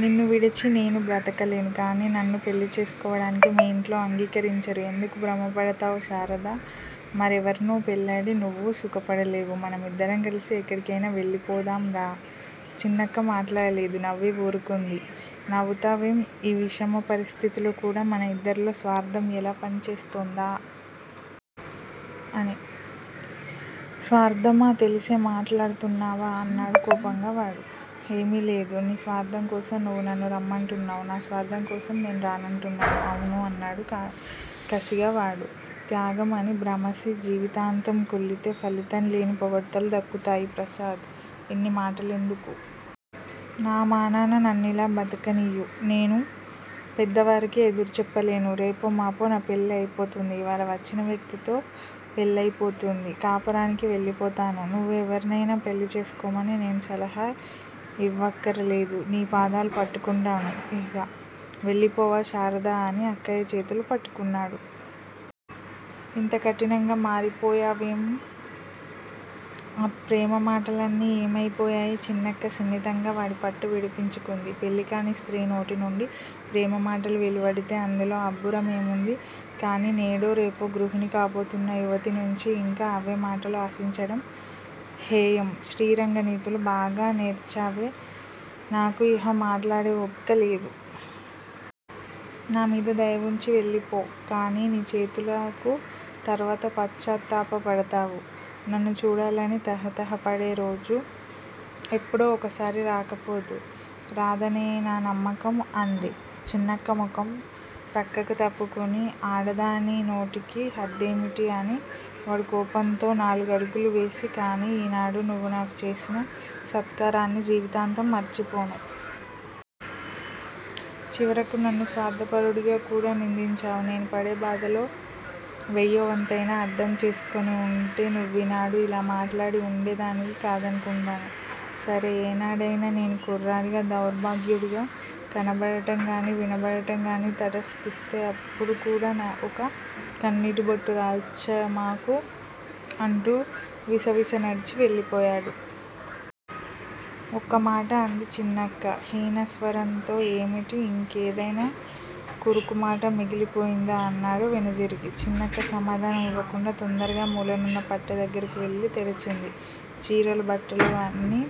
నిన్ను విడిచి నేను బ్రతకలేను. కానీ నన్ను పెళ్ళి చేసుకోవడానికి మీ ఇంట్లో అంగీకరించరు. ఎందుకు భ్రమపడతావ్ శారదా? మరెవర్నో పెళ్ళాడి నువ్వూ సుఖపడలేవు. మనమిద్దరం కలిసి ఎక్కడికైనా వెళ్ళిపోదాం రా! చిన్నక్క మాట్లాడలేదు. నవ్వి ఊరుకుంది. నవ్వుతావేం? ఈ విషమ పరిస్థితిలో కూడా మన ఇద్దరిలో స్వార్ధం ఎలా పనిచేస్తోందా? అని. స్వార్ధమా? తెలిసే మాట్లాడుతున్నావా? అన్నాడు కోపంగా వాడు. ఏమీలేదు, నీ స్వార్థంకోసం నువ్వు నన్ను రమ్మంటున్నావు. నా స్వార్ధం కోసం నేను రానంటున్నాను అవును అన్నాడు కసిగా వాడు. త్యాగం అని భ్రమసి జీవితాంతం కుళ్ళితే ఫలితంలేని పొగడ్తలు దక్కుతాయి. ప్రసాద్! ఇన్ని మాటలెందుకు? నా మానాన నన్నిలా బ్రతకనియ్యి. నేను పెద్దవారికి ఎదురుచెప్పలేను. రేపో మాపో నా పెళ్ళి అయిపోతుంది. ఇవాళ వచ్చినవ్యక్తితో పెళ్ళయిపోతుంది. కాపురానికి వెళ్ళిపోతాను. నువ్వూ ఎవరినైనా పెళ్ళి చేసుకోమని నేను సలహా ఇవ్వక్కరలేదు. నీ పాదాలు పట్టుకుంటాను. ఇహ వెళ్ళిపోవా? శారదా! అని అక్కయ్య చేతులు పట్టుకున్నాడు. ఇంత కఠినంగా మారిపోయావేం? ఆ ప్రేమమాటలన్నీ ఏమయిపోయాయి? చిన్నక్క సున్నితంగా వాడిపట్టు విడిపించుకుంది. పెళ్ళికాని స్త్రీ నోటినుంచి ప్రేమ మాటలు వెలువడితే అందులో అబ్బురమేముంది? కానీ నేడో రేపో గృహిణి కాబోతున్న యువతినుంచి ఇంకా అవే మాటలు ఆశించటం హేయం. శ్రీరంగనీతులు బాగా నేర్చావే? నాకు ఇహ మాట్లాడే ఓపికలేదు. నామీద దయ వుంచి వెళ్లిపో! కానీ నీ చేతలకు తర్వాత పశ్చాత్తాపపడతావు. నన్ను చూడాలని తహ తహ పడేరోజు ఎప్పుడో ఒకసారి రాకపోదు. రాదనే నా నమ్మకం అంది చిన్నక్క ముఖం ప్రక్కకు త్రుప్పుకుని. ఆడదాని నోటికి హద్దేమిటి? అని వాడు కోపంతో నాలుగడుగులు వేసి కానీ ఈనాడు నువ్వు నాకు చేసిన సత్కారాన్ని జీవితాంతం మరచిపోను. చివరకు నన్ను స్వార్ధపరుడిగా కూడా నిందించావు. నేను పడే బాధలో వెయ్యో వంతయినా అర్ధం చేసుకునివుంటే నువ్వీనాడు ఇలా మాట్లాడి వుండేదానివి కాదనుకుంటాను. సరే! ఏనాడైనా నేను కుర్రాడిగా, దౌర్భాగ్యుడిగా కనబడటంగానీ, వినబడటంగానీ తటస్థిస్తే అప్పుడుకూడా ఒక కన్నీటిబొట్టు రాల్చమాకు అంటూ విసవిస నడిచి వెళ్ళిపోయాడు. ఒక్కమాట అంది చిన్నక్క హీనస్వరంతో. ఏమిటి? ఇంకేదైనా కరుకుమాట మిగిలిపోయిందా? అన్నాడు వెనుదిరిగి. చిన్నక్క సమాధానం ఇవ్వకుండా, తొందరగా మూలనున్న పెట్టెదగ్గరకు వెళ్ళి తెరిచింది. చీరెలు, బట్టలు అన్నీ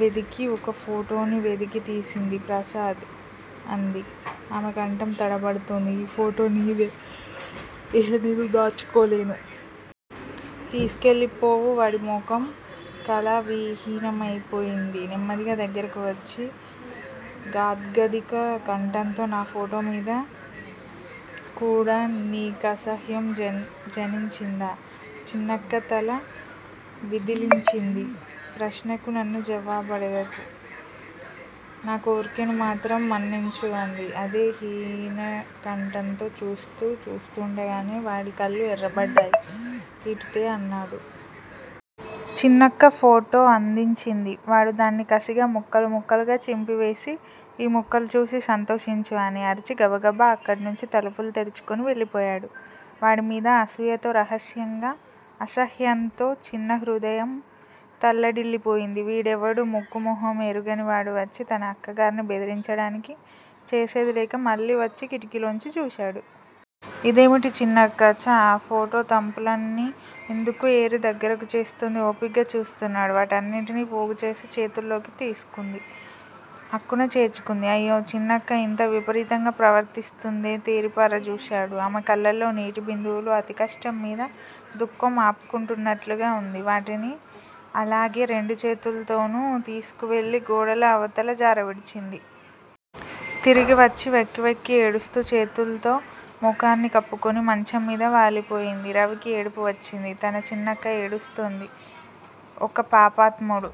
వెదికి ఒక ఫోటోని వెలికితీసింది. ప్రసాద్! అంది. ఆమెకంఠం తడబడుతోంది. ఈ ఫోటో నీదే. ఇహ నేను దాచుకోలేను. తీసుకెళ్ళిపోవూ! వాడిముఖం కళావిహీనమైపోయింది. నెమ్మదిగా దగ్గరకు వచ్చి గాద్గదిక కంఠంతో నా ఫోటోమీద కూడా నీకసహ్యం జనించిందా? చిన్నక్క తల విదిలించింది. ప్రశ్నకు నన్ను జవాబడగకు. నాకోర్కెను మాత్రం మన్నించు అంది, అదే హీనకంఠంతో. చూస్తూ చూస్తుండగానే వాడి కళ్ళు ఎర్రబడ్డాయి. ఇటు తే అన్నాడు. చిన్నక్క ఫోటో అందించింది. వాడు దాన్ని కసిగా ముక్కలు ముక్కలుగా చింపివేసి, ఈ ముక్కలుచూసి సంతోషించు అని అరిచి గబగబ అక్కడ్నుంచి తలుపులు తెరుచుకుని వెళ్ళిపోయాడు. వాడిమీద అసూయతో, అసహ్యంతో చిన్నహృదయం తల్లడిల్లిపోయింది. వీడెవడు? ముక్కూ మొహం ఎరుగనివాడు వచ్చి తన అక్కగారిని బెదిరించడానికి? చేసేదిలేక మళ్ళీవచ్చి కిటికీలోంచి చూశాడు. ఇదేమిటి, చిన్నక్క? ఛ! ఆ ఫోటో తుంపులన్నీ ఎందుకు ఏరి దగ్గరకు చేరుస్తోంది? ఓపిగ్గా చూస్తున్నాడు. వాటినన్నిటినీ ప్రోగుచేసి చేతుల్లోకి తీసుకుంది. అక్కున చేర్చుకుంది. అయ్యో! చిన్నక్క ఇంత విపరీతంగా ప్రవర్తిస్తుందే? తేరిపారజూశాడు. ఆమె కళ్ళల్లో నీటిబిందువులు. అతికష్టంమీద దుఃఖం ఆపుకుంటున్నట్లుగా వుంది. వాటిని అలాగే రెండు చేతుల్తోనూ తీసుకు వెళ్ళి గోడ అవతల జారవిడిచింది. తిరిగివచ్చి వెక్కి వెక్కి ఏడుస్తూ చేతుల్తో ముఖాన్ని కప్పుకుని మంచంమీద వాలిపోయింది. రవికి ఏడుపు వచ్చింది. తన చిన్నక్క ఏడుస్తోంది. ఒక పాపాత్ముడు